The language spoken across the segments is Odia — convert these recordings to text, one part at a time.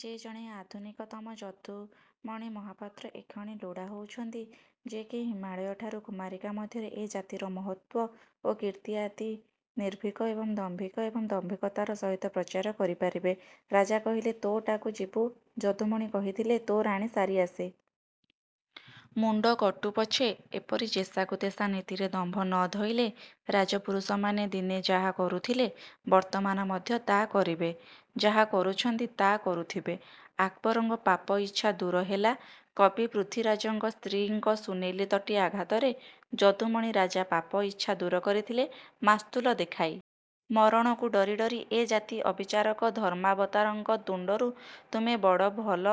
ଯେ ଜଣେ ଆଧୁନିକତମ ଯଦୁମଣି ମହାପାତ୍ର ଏକ୍ଷଣି ଲୋଡ଼ା ହେଉଛନ୍ତି-ଯେ କି ହିମାଳୟଠାରୁ କୁମାରିକା ମଧ୍ୟରେ ଏ ଜାତିର ମହତ୍ୱ ଓ କୀର୍ତ୍ତି ଆଦି ନିର୍ଭୀକ ଏବଂ ଦମ୍ଭୀକ ଏବଂ ଦାମ୍ଭୀକତାର ସହିତ ପ୍ରଚାର କରିପାରିବେ। ରଜା କହିଲେ 'ତୋ' ଟାକୁ ଯିବୁ-ଯଦୁମଣି କହିଥିଲେ-'ତୋ ରାଣୀ' ସାରି ଆସେ। ମୁଣ୍ଡ କଟୁପଛେ ଏପରି ଯେସାକୁ ତେସା ନୀତିରେ ଦମ୍ଭ ନ ଧଇଲେ, ରାଜପୁରୁଷମାନେ ଦିନେ ଯାହା କରୁଥିଲେ ବର୍ତ୍ତମାନ ମଧ୍ୟ ତା କରିବେ। ଯାହା କରୁଛନ୍ତି ତା କରୁଥିବେ। ଆକବରଙ୍କ ପାପ ଇଚ୍ଛା ଦୂରହେଲା, କବି ପୃଥ୍ୱୀରାଜଙ୍କ ସ୍ତ୍ରୀଙ୍କ ସୁନେଲି ତଟି ଆଘାତରେ। ଯଦୁମଣି ରାଜା ପାପ ଇଚ୍ଛା ଦୂର କରିଥିଲେ- ମାସ୍ତୁଲ ଦେଖାଇ। ମରଣକୁ ଡରି ଡରି ଏ ଜାତି ଅବିଚାରକ ଧର୍ମାବତାରଙ୍କ ତୁଣ୍ଡରୁ 'ତୁମେ ବଡ଼ ଭଲ,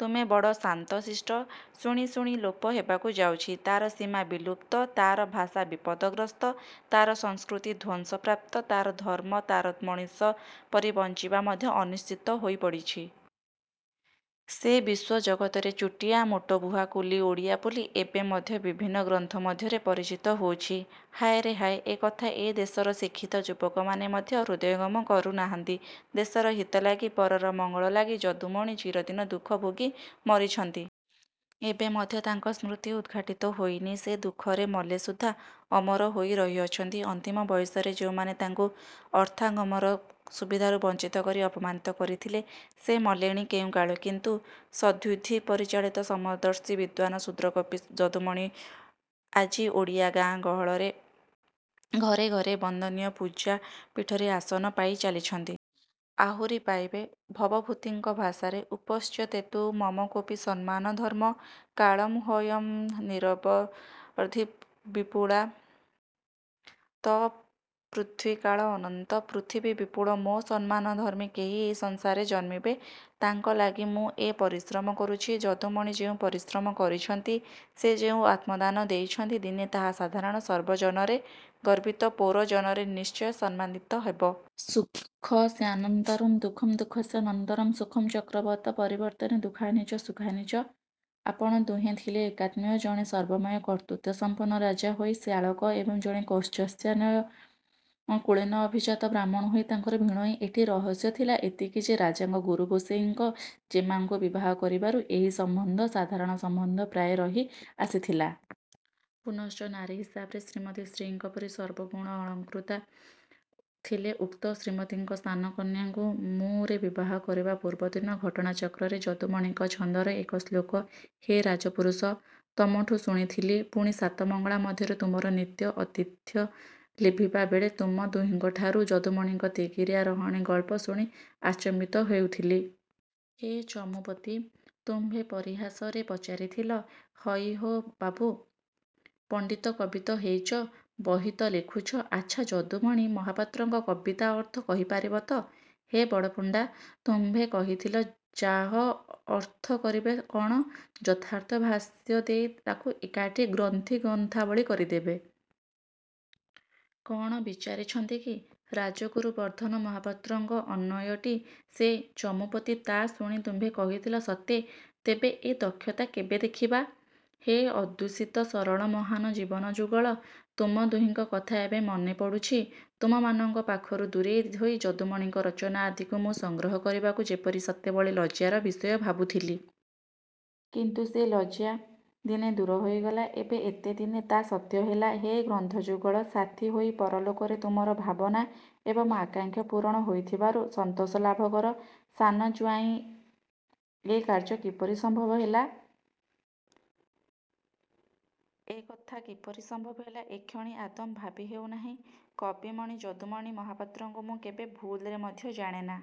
ତୁମେ ବଡ଼ ଶାନ୍ତ ଶିଷ୍ଟ' ଶୁଣି ଶୁଣି ଲୋପ ହେବାକୁ ଯାଉଛି। ତାର ସୀମା ବିଲୁପ୍ତ, ତାର ଭାଷା ବିପଦଗ୍ରସ୍ତ, ତାର ସଂସ୍କୃତି ଧ୍ୱଂସପ୍ରାପ୍ତ, ତାର ଧର୍ମ୍ମ, ତାର ମଣିଷ ପରି ବଞ୍ଚିବା ମଧ୍ୟ ଅନିଶ୍ଚିତ ହୋଇପଡ଼ିଛି। ସେ ବିଶ୍ୱଜଗତରେ ଚୁଟିଆ, ମୋଟବୁହା, କୁଲି ଓଡ଼ିଆ ବୋଲି ଏବେ ମଧ୍ୟ ବିଭିନ୍ନ ଗ୍ରନ୍ଥ ମଧ୍ୟରେ ପରିଚିତ ହେଉଛି। ହାୟରେ ହାୟ, ଏ କଥା ଏ ଦେଶର ଶିକ୍ଷତ ଯୁବକମାନେ ମଧ୍ୟ ହୃଦୟଙ୍ଗମ କରୁନାହାନ୍ତି-। ଦେଶର ହିତ ଲାଗି, ପରର ମଙ୍ଗଳ ଲାଗି ଯଦୁମଣି ଚିରଦିନ ଦୁଃଖ ଭୋଗି ମରିଛନ୍ତି-। ଏବେ ମଧ୍ୟ ତାଙ୍କ ସ୍କୃତି ଉଦ୍ଘାଟିତ ହୋଇନି। ସେ ଦୁଃଖରେ ମଲେ ସୁଦ୍ଧା ଅମର ହୋଇ ରହିଅଛନ୍ତି। ଅନ୍ତିମ ବୟସରେ ଯେଉଁମାନେ ତାଙ୍କୁ ଅର୍ଥାଗମର ସୁବିଧାରୁ ବଞ୍ଚିତ କରି ଅପମାନିତ କରିଥିଲେ, ସେ ମଲେଣି କେଉଁକାଳୁ, କିନ୍ତୁ ସଦ୍ବୁଦ୍ଧି ପରିଚାଳିତ ସମଦର୍ଶୀ ବିଦ୍ୱାନ ଶୁଦ୍ରକବି ଯଦୁମଣି ଆଜି ଓଡ଼ିଆ ଗାଁ ଗହଳରେ ଘରେ ଘରେ ବନ୍ଦନୀୟ ପୂଜାପୀଠରେ ଆସନ ପାଇ ଚାଲିଛନ୍ତି। ଆହୁରି ପାଇବେ। ଭବଭୂତିଙ୍କ ଭାଷାରେ- ଉପତ୍ସ୍ୟତେତୁ ମମକୋପି ସମାନ ଧର୍ମ୍ମ। କାଳୋ ହ୍ୟୟଂ ନିରବଧିର୍ବିପୂଳା ତ ପୃଥ୍ୱୀ କାଳ ଅନନ୍ତ, ପୃଥିବୀ ବିପୁଳ, ମୋ ସମାନ ଧର୍ମ୍ମୀ କେହି ଏହି ସଂସାରରେ ଜନ୍ମିବେ। ତାଙ୍କ ଲାଗି ମୁଁ ଏ ପରିଶ୍ରମ କରୁଛି। ଯଦୁମଣି ଯେଉଁ ପରିଶ୍ରମ କରିଛନ୍ତି, ସେ ଯେଉଁ ଆତ୍ମଦାନ ଦେଇଛନ୍ତି, ଦିନେ ତାହା ସାଧାରଣ ସର୍ବଜନରେ ଗର୍ବିତ ପୌରଜନରେ ନିଶ୍ଚୟ ସମ୍ମାନିତ ହେବ। ସୁଖସ୍ୟାନନ୍ତରଂ ଦୁଃଖଂ ଦୁଃଖସ୍ୟ ନନ୍ତରଂ ସୁଖଂ ଚକ୍ରବତ୍ ପରିବର୍ତ୍ତନେ ଦୁଃଖାନି ଚ ସୁଖାନି ଚ। ଆପଣ ଦୁହେଁ ଥିଲେ ଏକାତ୍ମୀୟ। ଜଣେ ସର୍ବମୟ କର୍ତ୍ତୃତ୍ୱସଂପନ୍ନ ରାଜା ହୋଇ ଶ୍ୟାଳକ ଏବଂ ଜଣେ କୌତ୍ସସାନ୍ୱୟ କୁଳୀନ ଅଭିଜାତ ବ୍ରାହ୍ମଣ ହୋଇ ତାଙ୍କର ଭିଣୋଇଁ। ଏଠି ରହସ୍ୟ ଥିଲା ଏତିକି ଯେ ରାଜାଙ୍କ ଗୁରୁଗୋସେଇଁଙ୍କ ଜେମାଙ୍କୁ ବିବାହକରିବାରୁ ଏହି ସମ୍ବନ୍ଧ ସାଧାରଣ ସମ୍ବନ୍ଧ ପ୍ରାୟ ରହି ଆସିଥିଲା। ପୁନଶ୍ଚ ନାରୀ ହିସାବରେ 'ଶ୍ରୀମତୀ' ଶ୍ରୀଙ୍କ ପରି ସର୍ବଗୁଣାଳଂକୃତା ଥିଲେ। ଉକ୍ତ ଶ୍ରୀମତୀଙ୍କ ସାନ କନ୍ୟାଙ୍କୁ ମୁଁ ରେ ବିବାହ କରିବା ପୂର୍ବଦିନ ଘଟଣାଚକ୍ରରେ ଯଦୁମଣିଙ୍କ ଛାନ୍ଦର ଏକ ଶ୍ଲୋକ ହେ ରାଜପୁରୁଷ! ତୁମଠୁ ଶୁଣିଥିଲି; ପୁଣି ସାତ ମଙ୍ଗଳା ମଧ୍ୟରେ ତୁମର ନିତ୍ୟ ଅତିଥ୍ୟ ଲଭିବାବେଳେ ତୁମ ଦୁହିଁଙ୍କଠାରୁ ଯଦୁମଣିଙ୍କ ତିଗିରିଆ ରହଣି ଗଳ୍ପ ଶୁଣି ଆଚମ୍ବିତ ହେଉଥିଲି। ହେ ଚମୁପତି! ତୁମ୍ଭେ ପରିହାସରେ ପଚାରିଥିଲ- 'ହଇହେ ବାବୁ! ପଣ୍ଡିତ, କବି ତ ହୋଇଛ; ବହି ତ ଲେଖୁଛ, ଆଚ୍ଛା ଯଦୁମଣି ମାହାପତ୍ରଙ୍କ କବିତା ଅର୍ଥ କରିପାରିବତ? ହେ ବଡ଼ପଣ୍ଡା! ତୁମ୍ଭେ କହିଥିଲ-'ଯାଃ, ଅର୍ଥ କରିବେ କ'ଣ, ଯଥାର୍ଥ ଭାଷ୍ୟ ଦେଇ ତାକୁ ଏକାଠି ଗୁନ୍ଥି ଗ୍ରନ୍ଥାବଳୀ କରିଦେବେ। କ'ଣ ବିଚାରିଛନ୍ତି କି? ରାଜଗୁରୁ ବର୍ଦ୍ଧନ ମହାପାତ୍ରଙ୍କ ଅନ୍ୱୟଟି ସେ? ' ଚମୂପତି, ତା'ଶୁଣି ତୁମ୍ଭେ କହିଥିଲ-'ସତେ! ତେବେ ଏ ଦକ୍ଷତା କେବେ ଦେଖିବା? ' ହେ ଅଦୂଷିତ ସରଳ ମହାନ ଜୀବନ ଯୁଗଳ! ତୁମ ଦୁହିଙ୍କ କଥା ଏବେ ମନେ ପଡ଼ୁଛି। ତୁମମାନଙ୍କ ପାଖରୁ ଦୂରେଇ ହୋଇ ଯଦୁମଣିଙ୍କ ରଚନା ଆଦିକୁ ମୁଁ ସଂଗ୍ରହ କରିବାକୁ ଯେପରି ସେତେବେଳେ ଲଜ୍ଜାର ବିଷୟ ଭାବୁଥିଲି। କିନ୍ତୁ ସେ ଲଜ୍ଜା ଦିନେ ଦୂର ହୋଇଗଲା। ଏବେ ଏତେ ଦିନେ ତା ସତ୍ୟ ହେଲା। ହେ ଗ୍ରନ୍ଥ ଯୁଗଳ! ସାଥି ହୋଇ ପରଲୋକରେ ତୁମର ଭାବନା ଏବଂ ଆକାଙ୍କ୍ଷା ପୂରଣ ହୋଇଥିବାରୁ ସନ୍ତୋଷ ଲାଭ କର। ସାନ ଜୁଆଁଇ ଏ କାର୍ଯ୍ୟ କିପରି ସମ୍ଭବ ହେଲା? ଏକଥା କିପରି ସମ୍ଭବ ହେଲା, ଏକ୍ଷଣି ଆଦୌ ଭାବି ହେଉ ନାହିଁ। କବିମଣି ଯଦୁମଣି ମହାପାତ୍ରଙ୍କୁ ମୁଁ କେବେ ଭୁଲରେ ମଧ୍ୟ ଜାଣେନା।